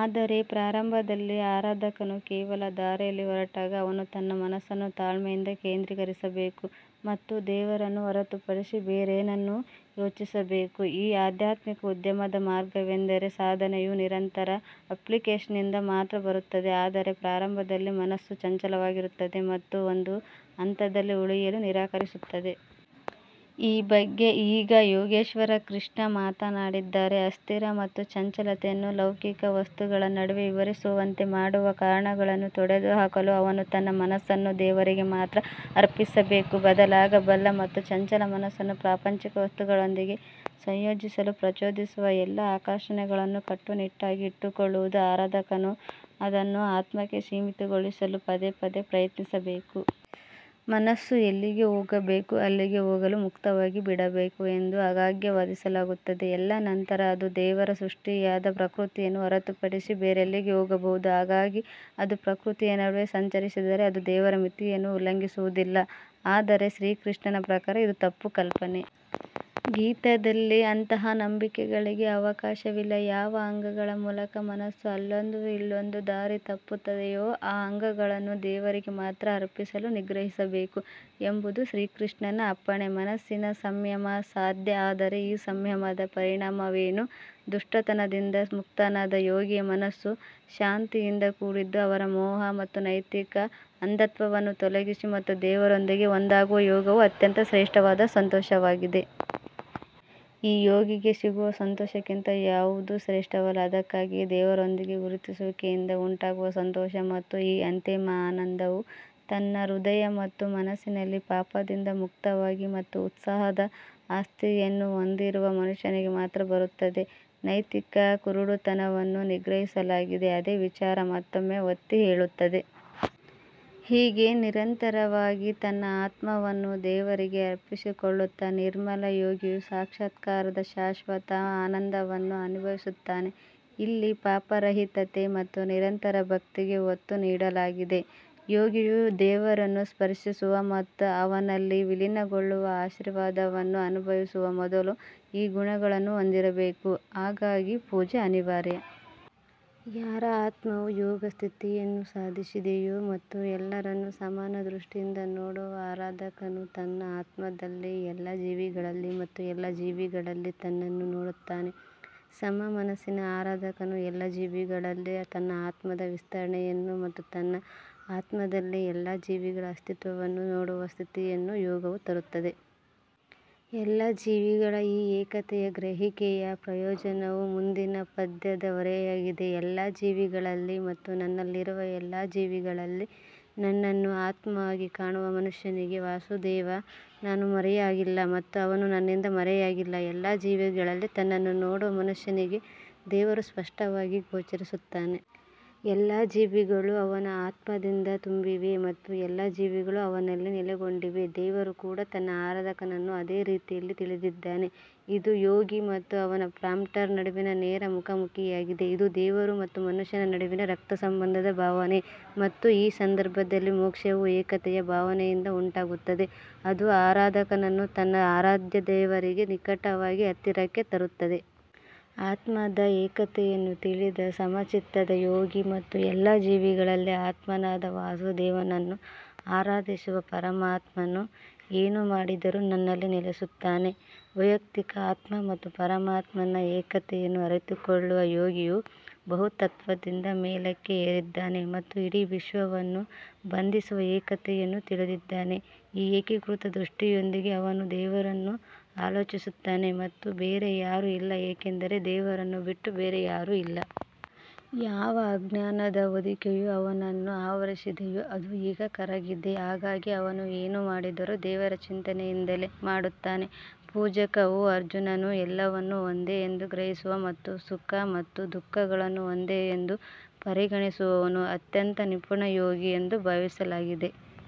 ಆದರೆ ಪ್ರಾರಂಭದಲ್ಲಿ ಆರಾಧಕನು ಕೇವಲ ದಾರಿಯಲ್ಲಿ ಹೊರಟಾಗ ಅವನು ತನ್ನ ಮನಸ್ಸನ್ನು ತಾಳ್ಮೆಯಿಂದ ಕೇಂದ್ರೀಕರಿಸಬೇಕು ಮತ್ತು ದೇವರನ್ನು ಹೊರತುಪಡಿಸಿ ಬೇರೇನನ್ನೂ ಯೋಚಿಸಬೇಕು. ಈ ಆಧ್ಯಾತ್ಮಿಕ ಉದ್ಯಮದ ಮಾರ್ಗವೆಂದರೆ ಸಾಧನೆಯು ನಿರಂತರ ಅಪ್ಲಿಕೇಶನ್ನಿಂದ ಮಾತ್ರ ಬರುತ್ತದೆ ಆದರೆ ಪ್ರಾರಂಭದಲ್ಲಿ ಮನಸ್ಸು ಚಂಚಲವಾಗಿರುತ್ತದೆ ಮತ್ತು ಒಂದು ಹಂತದಲ್ಲಿ ಉಳಿಯಲು ನಿರಾಕರಿಸುತ್ತದೆ. ಈ ಬಗ್ಗೆ ಈಗ ಯೋಗೇಶ್ವರ ಕೃಷ್ಣ ಮಾತನಾಡಿದ್ದಾರೆ. ಅಸ್ಥಿರ ಮತ್ತು ಚಂಚಲತೆಯನ್ನು ಲೌಕಿಕ ವಸ್ತುಗಳ ನಡುವೆ ವಿಹರಿಸುವಂತೆ ಮಾಡುವ ಕಾರಣಗಳನ್ನು ತೊಡೆದುಹಾಕಲು ಅವನು ತನ್ನ ಮನಸ್ಸನ್ನು ದೇವರಿಗೆ ಮಾತ್ರ ಅರ್ಪಿಸಬೇಕು. ಬದಲಾಗಬಲ್ಲ ಮತ್ತು ಚಂಚಲ ಮನಸ್ಸನ್ನು ಪ್ರಾಪಂಚಿಕ ವಸ್ತುಗಳೊಂದಿಗೆ ಸಂಯೋಜಿಸಲು ಪ್ರಚೋದಿಸುವ ಎಲ್ಲಾ ಆಕರ್ಷಣೆಗಳನ್ನು ಕಟ್ಟುನಿಟ್ಟಾಗಿ ಇಟ್ಟುಕೊಳ್ಳುವುದು ಆರಾಧಕನು ಅದನ್ನು ಆತ್ಮಕ್ಕೆ ಸೀಮಿತಗೊಳಿಸಲು ಪದೇ ಪದೇ ಪ್ರಯತ್ನಿಸಬೇಕು. ಮನಸ್ಸು ಎಲ್ಲಿಗೆ ಹೋಗಬೇಕೋ ಅಲ್ಲಿಗೆ ಹೋಗಲು ಮುಕ್ತವಾಗಿ ಬಿಡಬೇಕು ಎಂದು ಆಗಾಗ್ಗೆ ವಾದಿಸಲಾಗುತ್ತದೆ. ಎಲ್ಲಾ ನಂತರ ಅದು ದೇವರ ಸೃಷ್ಟಿಯಾದ ಪ್ರಕೃತಿಯನ್ನು ಹೊರತುಪಡಿಸಿ ಬೇರೆಲ್ಲಿಗೆ ಹೋಗಬಹುದು. ಹಾಗಾಗಿ ಅದು ಪ್ರಕೃತಿಯ ನಡುವೆ ಸಂಚರಿಸಿದರೆ ಅದು ದೇವರ ಮಿತಿಯನ್ನು ಉಲ್ಲಂಘಿಸುವುದಿಲ್ಲ. ಆದರೆ ಶ್ರೀಕೃಷ್ಣನ ಪ್ರಕಾರ ಇದು ತಪ್ಪು ಕಲ್ಪನೆ. ಗೀತಾದಲ್ಲಿ ಅಂತಹ ನಂಬಿಕೆಗಳಿಗೆ ಅವಕಾಶವಿಲ್ಲ. ಯಾವ ಅಂಗಗಳ ಮೂಲಕ ಮನಸ್ಸು ಅಲ್ಲೊಂದು ಇಲ್ಲೊಂದು ದಾರಿ ತಪ್ಪುತ್ತಿದೆಯೋ ಆ ಅಂಗಗಳನ್ನು ದೇವರಿಗೆ ಮಾತ್ರ ಅರ್ಪಿಸಲು ನಿಗ್ರಹಿಸಬೇಕು ಎಂಬುದು ಶ್ರೀಕೃಷ್ಣನ ಅಪ್ಪಣೆ. ಮನಸ್ಸಿನ ಸಂಯಮ ಸಾಧ್ಯ ಆದರೆ ಈ ಸಂಯಮದ ಪರಿಣಾಮವೇನು. ದುಷ್ಟತನದಿಂದ ಮುಕ್ತನಾದ ಯೋಗಿಯ ಮನಸ್ಸು ಶಾಂತಿಯಿಂದ ಕೂಡಿದ್ದು ಅವರ ಮೋಹ ಮತ್ತು ನೈತಿಕ ಅಂಧತ್ವವನ್ನು ತೊಲಗಿಸಿ ಮತ್ತು ದೇವರೊಂದಿಗೆ ಒಂದಾಗುವ ಯೋಗವು ಅತ್ಯಂತ ಶ್ರೇಷ್ಠವಾದ ಸಂತೋಷವಾಗಿದೆ. ಈ ಯೋಗಿಗೆ ಸಿಗುವ ಸಂತೋಷಕ್ಕಿಂತ ಯಾವುದೂ ಶ್ರೇಷ್ಠವಲ್ಲ. ಅದಕ್ಕಾಗಿಯೇ ದೇವರೊಂದಿಗೆ ಗುರುತಿಸುವಿಕೆಯಿಂದ ಉಂಟಾಗುವ ಸಂತೋಷ ಮತ್ತು ಈ ಅಂತಿಮ ಆನಂದವು ತನ್ನ ಹೃದಯ ಮತ್ತು ಮನಸ್ಸಿನಲ್ಲಿ ಪಾಪದಿಂದ ಮುಕ್ತವಾಗಿ ಮತ್ತು ಉತ್ಸಾಹದ ಆಸ್ತಿಯನ್ನು ಹೊಂದಿರುವ ಮನುಷ್ಯನಿಗೆ ಮಾತ್ರ ಬರುತ್ತದೆ. ನೈತಿಕ ಕುರುಡುತನವನ್ನು ನಿಗ್ರಹಿಸಲಾಗಿದೆ. ಅದೇ ವಿಚಾರ ಮತ್ತೊಮ್ಮೆ ಒತ್ತಿ ಹೇಳುತ್ತದೆ. ಹೀಗೆ ನಿರಂತರವಾಗಿ ತನ್ನ ಆತ್ಮವನ್ನು ದೇವರಿಗೆ ಅರ್ಪಿಸಿಕೊಳ್ಳುತ್ತಾ ನಿರ್ಮಲ ಯೋಗಿಯು ಸಾಕ್ಷಾತ್ಕಾರದ ಶಾಶ್ವತ ಆನಂದವನ್ನು ಅನುಭವಿಸುತ್ತಾನೆ. ಇಲ್ಲಿ ಪಾಪರಹಿತತೆ ಮತ್ತು ನಿರಂತರ ಭಕ್ತಿಗೆ ಒತ್ತು ನೀಡಲಾಗಿದೆ. ಯೋಗಿಯು ದೇವರನ್ನು ಸ್ಪರ್ಶಿಸುವ ಮತ್ತು ಅವನಲ್ಲಿ ವಿಲೀನಗೊಳ್ಳುವ ಆಶೀರ್ವಾದವನ್ನು ಅನುಭವಿಸುವ ಮೊದಲು ಈ ಗುಣಗಳನ್ನು ಹೊಂದಿರಬೇಕು. ಹಾಗಾಗಿ ಪೂಜೆ ಅನಿವಾರ್ಯ. ಯಾರ ಆತ್ಮವು ಯೋಗ ಸ್ಥಿತಿಯನ್ನು ಸಾಧಿಸಿದೆಯೋ ಮತ್ತು ಎಲ್ಲರನ್ನು ಸಮಾನ ದೃಷ್ಟಿಯಿಂದ ನೋಡುವ ಆರಾಧಕನು ತನ್ನ ಆತ್ಮದಲ್ಲಿ ಎಲ್ಲಾ ಜೀವಿಗಳಲ್ಲಿ ಮತ್ತು ಎಲ್ಲಾ ಜೀವಿಗಳಲ್ಲಿ ತನ್ನನ್ನು ನೋಡುತ್ತಾನೆ. ಸಮ ಮನಸ್ಸಿನ ಆರಾಧಕನು ಎಲ್ಲಾ ಜೀವಿಗಳಲ್ಲಿ ತನ್ನ ಆತ್ಮದ ವಿಸ್ತರಣೆಯನ್ನು ಮತ್ತು ತನ್ನ ಆತ್ಮದಲ್ಲಿ ಎಲ್ಲಾ ಜೀವಿಗಳ ಅಸ್ತಿತ್ವವನ್ನು ನೋಡುವ ಸ್ಥಿತಿಯನ್ನು ಯೋಗವು ತರುತ್ತದೆ. ಎಲ್ಲಾ ಜೀವಿಗಳ ಈ ಏಕತೆಯ ಗ್ರಹಿಕೆಯ ಪ್ರಯೋಜನವು ಮುಂದಿನ ಪದ್ಯದ ಹೊರೆಯಾಗಿದೆ. ಎಲ್ಲಾ ಜೀವಿಗಳಲ್ಲಿ ಮತ್ತು ನನ್ನಲ್ಲಿರುವ ಎಲ್ಲಾ ಜೀವಿಗಳಲ್ಲಿ ನನ್ನನ್ನು ಆತ್ಮವಾಗಿ ಕಾಣುವ ಮನುಷ್ಯನಿಗೆ ವಾಸುದೇವ ನಾನು ಮರೆಯಾಗಿಲ್ಲ ಮತ್ತು ಅವನು ನನ್ನಿಂದ ಮರೆಯಾಗಿಲ್ಲ. ಎಲ್ಲಾ ಜೀವಿಗಳಲ್ಲಿ ತನ್ನನ್ನು ನೋಡುವ ಮನುಷ್ಯನಿಗೆ ದೇವರು ಸ್ಪಷ್ಟವಾಗಿ ಗೋಚರಿಸುತ್ತಾನೆ. ಎಲ್ಲಾ ಜೀವಿಗಳು ಅವನ ಆತ್ಮದಿಂದ ತುಂಬಿವೆ ಮತ್ತು ಎಲ್ಲಾ ಜೀವಿಗಳು ಅವನಲ್ಲಿ ನೆಲೆಗೊಂಡಿವೆ. ದೇವರು ಕೂಡ ತನ್ನ ಆರಾಧಕನನ್ನು ಅದೇ ರೀತಿಯಲ್ಲಿ ತಿಳಿದಿದ್ದಾನೆ. ಇದು ಯೋಗಿ ಮತ್ತು ಅವನ ಪ್ರಾಂಪ್ಟರ್ ನಡುವಿನ ನೇರ ಮುಖಾಮುಖಿಯಾಗಿದೆ. ಇದು ದೇವರು ಮತ್ತು ಮನುಷ್ಯನ ನಡುವಿನ ರಕ್ತಸಂಬಂಧದ ಭಾವನೆ ಮತ್ತು ಈ ಸಂದರ್ಭದಲ್ಲಿ ಮೋಕ್ಷವು ಏಕತೆಯ ಭಾವನೆಯಿಂದ ಉಂಟಾಗುತ್ತದೆ ಅದು ಆರಾಧಕನನ್ನು ತನ್ನ ಆರಾಧ್ಯ ದೇವರಿಗೆ ನಿಕಟವಾಗಿ ಹತ್ತಿರಕ್ಕೆ ತರುತ್ತದೆ. ಆತ್ಮದ ಏಕತೆಯನ್ನು ತಿಳಿದ ಸಮಚಿತ್ತದ ಯೋಗಿ ಮತ್ತು ಎಲ್ಲಾ ಜೀವಿಗಳಲ್ಲಿ ಆತ್ಮನಾದ ವಾಸುದೇವನನ್ನು ಆರಾಧಿಸುವ ಪರಮಾತ್ಮನು ಏನು ಮಾಡಿದರೂ ನನ್ನಲ್ಲಿ ನೆಲೆಸುತ್ತಾನೆ. ವೈಯಕ್ತಿಕ ಆತ್ಮ ಮತ್ತು ಪರಮಾತ್ಮನ ಏಕತೆಯನ್ನು ಅರಿತುಕೊಳ್ಳುವ ಯೋಗಿಯು ಬಹುತ್ವದಿಂದ ಮೇಲಕ್ಕೆ ಏರಿದ್ದಾನೆ ಮತ್ತು ಇಡೀ ವಿಶ್ವವನ್ನು ಬಂಧಿಸುವ ಏಕತೆಯನ್ನು ತಿಳಿದಿದ್ದಾನೆ. ಈ ಏಕೀಕೃತ ದೃಷ್ಟಿಯೊಂದಿಗೆ ಅವನು ದೇವರನ್ನು ಆಲೋಚಿಸುತ್ತಾನೆ ಮತ್ತು ಬೇರೆ ಯಾರೂ ಇಲ್ಲ ಏಕೆಂದರೆ ದೇವರನ್ನು ಬಿಟ್ಟು ಬೇರೆ ಯಾರೂ ಇಲ್ಲ. ಯಾವ ಅಜ್ಞಾನದ ಹೊದಿಕೆಯು ಅವನನ್ನು ಆವರಿಸಿದೆಯೋ ಅದು ಈಗ ಕರಗಿದೆ. ಹಾಗಾಗಿ ಅವನು ಏನು ಮಾಡಿದರೂ ದೇವರ ಚಿಂತನೆಯಿಂದಲೇ ಮಾಡುತ್ತಾನೆ. ಪೂಜಕ ಓ ಅರ್ಜುನನು ಎಲ್ಲವನ್ನು ಒಂದೇ ಎಂದು ಗ್ರಹಿಸುವ ಮತ್ತು ಸುಖ ಮತ್ತು ದುಃಖಗಳನ್ನು ಒಂದೇ ಎಂದು ಪರಿಗಣಿಸುವವನು ಅತ್ಯಂತ ನಿಪುಣ ಯೋಗಿ ಎಂದು ಭಾವಿಸಲಾಗಿದೆ.